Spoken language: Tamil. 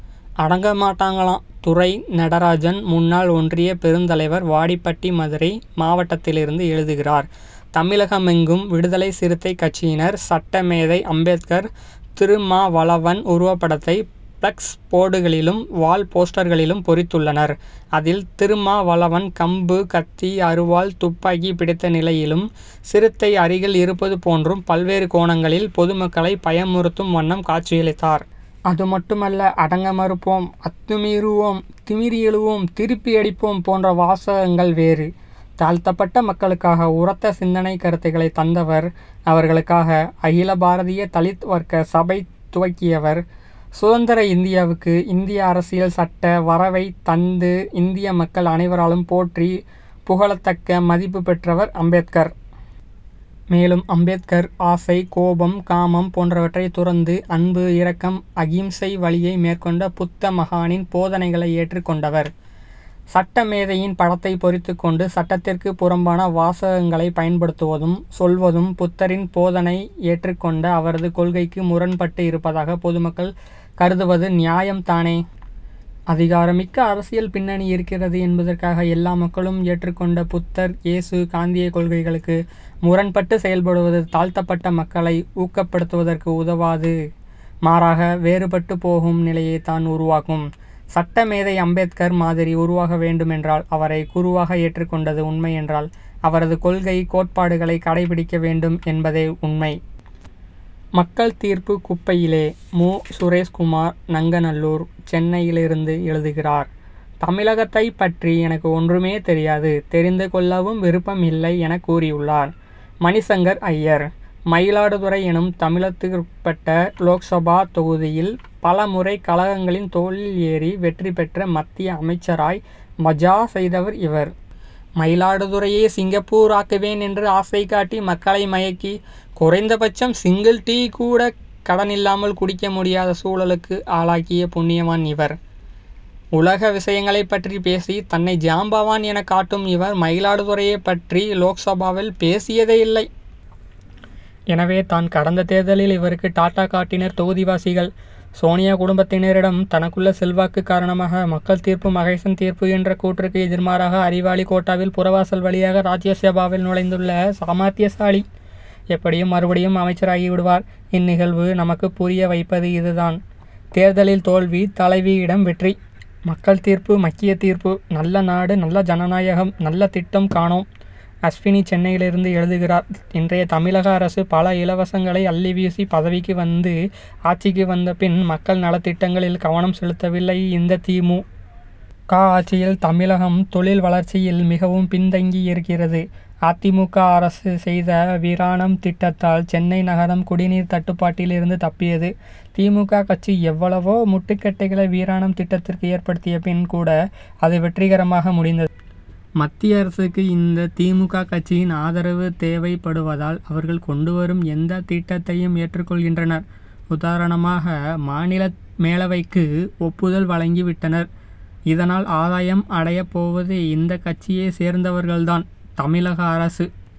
அடங்க மாட்டாங்களாம்! துரை. நடராஜன் முன்னாள் ஒன்றிய பெருந்தலைவர் வாடிப்பட்டி மதுரை மாவட்டத்திலிருந்து எழுதுகிறார் தமிழகமெங்கும் விடுதலை சிறுத்தை கட்சியினர் சட்டமேதை அம்பேத்கர் திருமாவளவன் உருவப்படத்தை பிளக்ஸ் போர்டுகளிலும் வால் போஸ்டர்களிலும் பொறித்துள்ளனர். அதில் திருமாவளவன் கம்பு கத்தி அரிவாள் துப்பாக்கி பிடித்த நிலையிலும் சிறுத்தை அருகில் இருப்பது போன்றும் பல்வேறு கோணங்களில் பொதுமக்களை பயமுறுத்தும் வண்ணம் காட்சியளித்தார். அதுமட்டுமல்ல அடங்க மறுப்போம் அத்து மீறுவோம் திமிறி எழுவோம் திருப்பி அடிப்போம் போன்ற வாசகங்கள் வேறு. தாழ்த்தப்பட்ட மக்களுக்காக உரத்த சிந்தனைக் கருத்துக்களை தந்தவர் அவர்களுக்காக அகில பாரதிய தலீத் வர்க்க சபை துவக்கியவர் சுதந்திர இந்தியாவுக்கு இந்திய அரசியல் சட்ட வரைவைத் தந்து இந்திய மக்கள் அனைவராலும் போற்றி புகழத்தக்க மதிப்பு பெற்றவர் அம்பேத்கர். மேலும் அம்பேத்கர் ஆசை கோபம் காமம் போன்றவற்றை துறந்து அன்பு இரக்கம் அகிம்சை வழியை மேற்கொண்ட புத்த மகானின் போதனைகளை ஏற்றுக் கொண்டவர். சட்டமேதையின் படத்தை பொறித்துக் கொண்டு சட்டத்திற்கு புறம்பான வாசகங்களை பயன்படுத்துவதும் சொல்வதும் புத்தரின் போதனை ஏற்றுக் கொண்ட அவரது கொள்கைக்கு முரண்பட்டு இருப்பதாக பொதுமக்கள் கருதுவது நியாயம் தானே. அதிகாரமிக்க அரசியல் பின்னணி இருக்கிறது என்பதற்காக எல்லா மக்களும் ஏற்றுக் கொண்ட புத்தர் இயேசு காந்திய கொள்கைகளுக்கு முரண்பட்டு செயல்படுவது தாழ்த்தப்பட்ட மக்களை ஊக்கப்படுத்துவதற்கு உதவாது மாறாக வேறுபட்டு போகும் நிலையைத் தான் உருவாக்கும். சட்டமேதை அம்பேத்கர் மாதிரி உருவாக வேண்டுமென்றால் அவரை குருவாக ஏற்றுக் கொண்டது உண்மையென்றால் அவரது கொள்கை கோட்பாடுகளை கடைப்பிடிக்க வேண்டும் என்பதே உண்மை. மக்கள் தீர்ப்பு குப்பையிலே மு. சுரேஷ்குமார் நங்கநல்லூர் சென்னையிலிருந்து எழுதுகிறார் தமிழகத்தைப் பற்றி எனக்கு ஒன்றுமே தெரியாது தெரிந்து கொள்ளவும் விருப்பம் இல்லை என கூறியுள்ளார் மணிசங்கர் ஐயர். மயிலாடுதுறை எனும் தமிழகத்திற்குட்பட்ட லோக்சபா தொகுதியில் பலமுறை கழகங்களின் தோளில் ஏறி வெற்றி பெற்று மத்திய அமைச்சராய் மஜா செய்தவர் இவர். மயிலாடுதுறையை சிங்கப்பூர் ஆக்குவேன் என்று ஆசை காட்டி மக்களை மயக்கி குறைந்தபட்சம் சிங்கிள் டீ கூட கடனில்லாமல் குடிக்க முடியாத சூழலுக்கு ஆக்கிய புண்ணியவான் இவர். உலக விஷயங்களைப் பற்றி பேசி தன்னை ஜாம்பவான் எனக் காட்டும் இவர் மயிலாடுதுறையைப் பற்றி லோக்சபாவில் பேசியதே இல்லை. எனவே தான் கடந்த தேர்தலில் இவருக்கு டாட்டா காட்டினர் தொகுதிவாசிகள்! சோனியா குடும்பத்தினரிடம் தனக்குள்ள செல்வாக்கு காரணமாக மக்கள் தீர்ப்பு மகேசன் தீர்ப்பு என்ற கூற்றுக்கு எதிர்மாறாக அறிவாளி கோட்டாவில் புறவாசல் வழியாக ராஜ்ய சபாவில் நுழைந்துள்ள சாமர்த்தியசாலி. எப்படியும் மறுபடியும் அமைச்சராகி விடுவார். இந்நிகழ்வு நமக்குப் புரிய வைப்பது இதுதான் தேர்தலில் தோல்வி தலைவியிடம் வெற்றி! மக்கள் தீர்ப்பு மக்கிய தீர்ப்பு! நல்ல நாடு நல்ல ஜனநாயகம்! நலத்திட்டம் காணோம்! அஸ்வினி சென்னையிலிருந்து எழுதுகிறார் இன்றைய தமிழக அரசு பல இலவசங்களை அள்ளி வீசி பதவிக்கு வந்தது ஆட்சிக்கு வந்த பின் மக்கள் நலத் திட்டங்களில் கவனம் செலுத்தவில்லை. இந்த தி. மு. க. ஆட்சியில் தமிழகம் தொழில் வளர்ச்சியில் மிகவும் பின்தங்கியிருக்கிறது. அ. தி. மு. க. அரசு செய்த வீராணம் திட்டத்தால் சென்னை நகரம் குடிநீர் தட்டுப்பாட்டில் இருந்து தப்பியது. தி. மு. க. கட்சி எவ்வளவோ முட்டுக்கட்டைகளை வீராணம் திட்டத்திற்கு ஏற்படுத்திய பின் கூட அது வெற்றிகரமாக முடிந்தது. மத்திய அரசுக்கு இந்த தி. மு. க. கட்சியின் ஆதரவு தேவைப்படுவதால் அவர்கள் கொண்டு வரும் எந்தத் திட்டத்தையும் ஏற்றுக் கொள்கின்றனர். உதாரணமாக மாநில மேலவைக்கு ஒப்புதல் வழங்கி விட்டனர். இதனால் ஆதாயம் அடையப் போவது இந்தக் கட்சியைச் சேர்ந்தவர்கள் தான். தமிழக அரசு